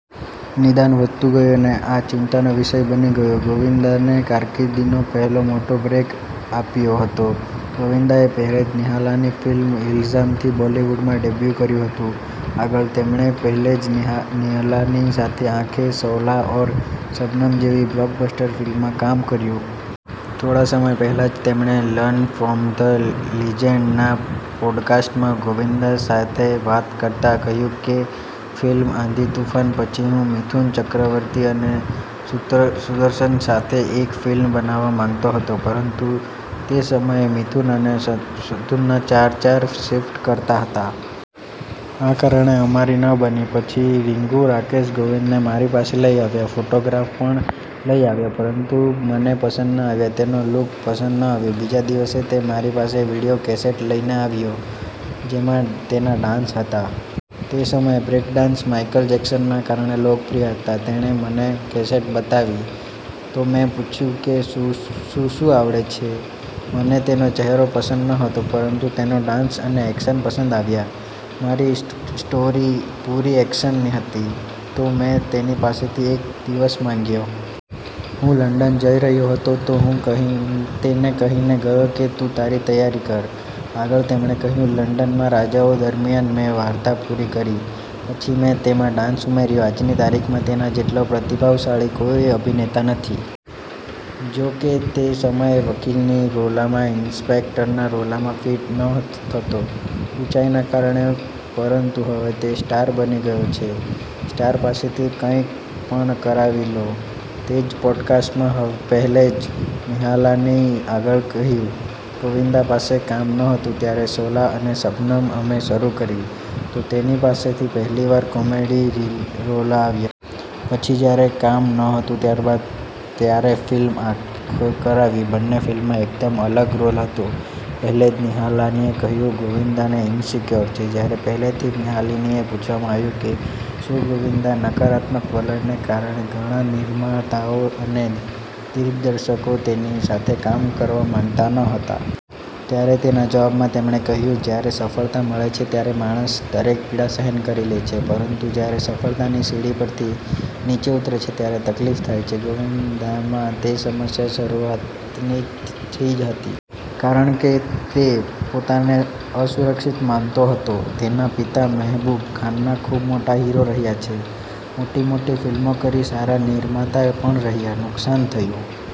નિદાન વધતું ગયું અને આ ચિંતાનો વિષય બની ગયો. ગોવિંદાને કારકિર્દીનો પહેલો મોટો બ્રેક આપ્યો હતો. ગોવિંદાએ પહેલજ નિહલાનીની ફિલ્મ 'ઇલ્ઝામ' થી બોલિવૂડમાં ડેબ્યૂ કર્યું હતું. આગળ તેમણે પહેલજ નિહલાની સાથે 'આંખેં', 'શોલા ઔર શબનમ' જેવી બ્લોકબસ્ટર ફિલ્મોમાં કામ કર્યું. થોડા સમય પહેલા જ તેમણે 'લર્ન ફ્રોમ ધ લિજેન્ડ'ના પોડકાસ્ટમાં ગોવિંદા સાથે વાત કરતા કહ્યું હતું કે, "ફિલ્મ 'આંધી તુફાન' પછી હું મિથુન ચક્રવર્તી અને શત્રુઘ્ન સાથે એક ફિલ્મ બનાવવા માંગતો હતો, પરંતુ તે સમયે મિથુન અને શત્રુઘ્ન ચાર-ચાર શિફ્ટ કરતા હતા. આ કારણે અમારી ન બની. પછી રીક્કુ રાકેશ, ગોવિંદાને મારી પાસે લઈ આવ્યા. ફોટોગ્રાફ પણ લઈ આવ્યા, પરંતુ મને પસંદ ન આવ્યા. તેનો લુક પસંદ ન આવ્યો. બીજા દિવસે તે મારી પાસે વીડિયો કેસેટ લઈને આવ્યો, જેમાં તેના ડાન્સ હતા. તે સમયે બ્રેક ડાન્સ માઈકલ જેક્સનના કારણે લોકપ્રિય હતા. તેણે મને કેસેટ બતાવી, તો મેં પૂછ્યું કે 'શું-શું આવડે છે?' મને તેનો ચહેરો પસંદ નહોતો, પરંતુ તેનો ડાન્સ અને એક્શન પસંદ આવ્યા. મારી સ્ટોરી પૂરી એક્શન હતી, તો મેં તેની પાસેથી એક દિવસ માંગ્યો. હું લંડન જઈ રહ્યો હતો, તો હું તેને કહીને ગયો કે તું તારી તૈયારી કર." આગળ તેમણે કહ્યું, "લંડનમાં રજાઓ દરમિયાન મેં વાર્તા પૂરી કરી. પછી મેં તેમાં ડાન્સ ઉમેર્યો. આજની તારીખમાં તેના જેટલો પ્રતિભાશાળી કોઈ અભિનેતા નથી. જોકે તે સમયે તે વકીલના રોલમાં, ઇન્સ્પેક્ટરના રોલમાં ફિટ નહોતો થતો, ઊંચાઈના કારણે. પરંતુ હવે તે સ્ટાર બની ગયો છે, સ્ટાર પાસેથી તો કંઈ પણ કરાવી લો. તે જ પોડકાસ્ટમાં પહેલજ નિહલાનીએ આગળ કહ્યું, "ગોવિંદા પાસે કામ નહોતું, ત્યારે 'શોલા ઔર શબનમ' અમે શરૂ કરી, તો તેની પાસેથી પહેલીવાર કોમેડી રોલ કરાવ્યો. પછી જ્યારે કામ નહોતું, ત્યારબાદ ત્યારે ફિલ્મ 'આંખે' કરાવી. બંને ફિલ્મોમાં એકદમ અલગ રોલ હતો." પહેલજ નિહલાનીએ કહ્યું હતું, "ગોવિંદા ઇનસિક્યોર છે." જ્યારે પહેલજ નિહલાનીને પૂછવામાં આવ્યું કે, 'શું ગોવિંદાના નકારાત્મક વલણને કારણે ઘણા નિર્માતાઓ અને દિગ્દર્શકો તેમની સાથે કામ કરવા માંગતા ન હતા?' ત્યારે તેના જવાબમાં તેમણે કહ્યું, "જ્યારે સફળતા મળે છે, ત્યારે માણસ દરેક પીડા સહન કરી લે છે, પરંતુ જ્યારે સફળતાની સીડી પરથી નીચે ઉતરે છે ત્યારે તકલીફ થાય છે. ગોવિંદામાં તે સમસ્યા શરૂઆતથી જ હતી. કારણ કે તે પોતાને અસુરક્ષિત માનતો હતો. તેના પિતા મહેબૂબ ખાનના ખૂબ મોટા હીરો રહ્યા છે. મોટી-મોટી ફિલ્મો કરી, સારા નિર્માતા પણ રહ્યા, નુકસાન થયું.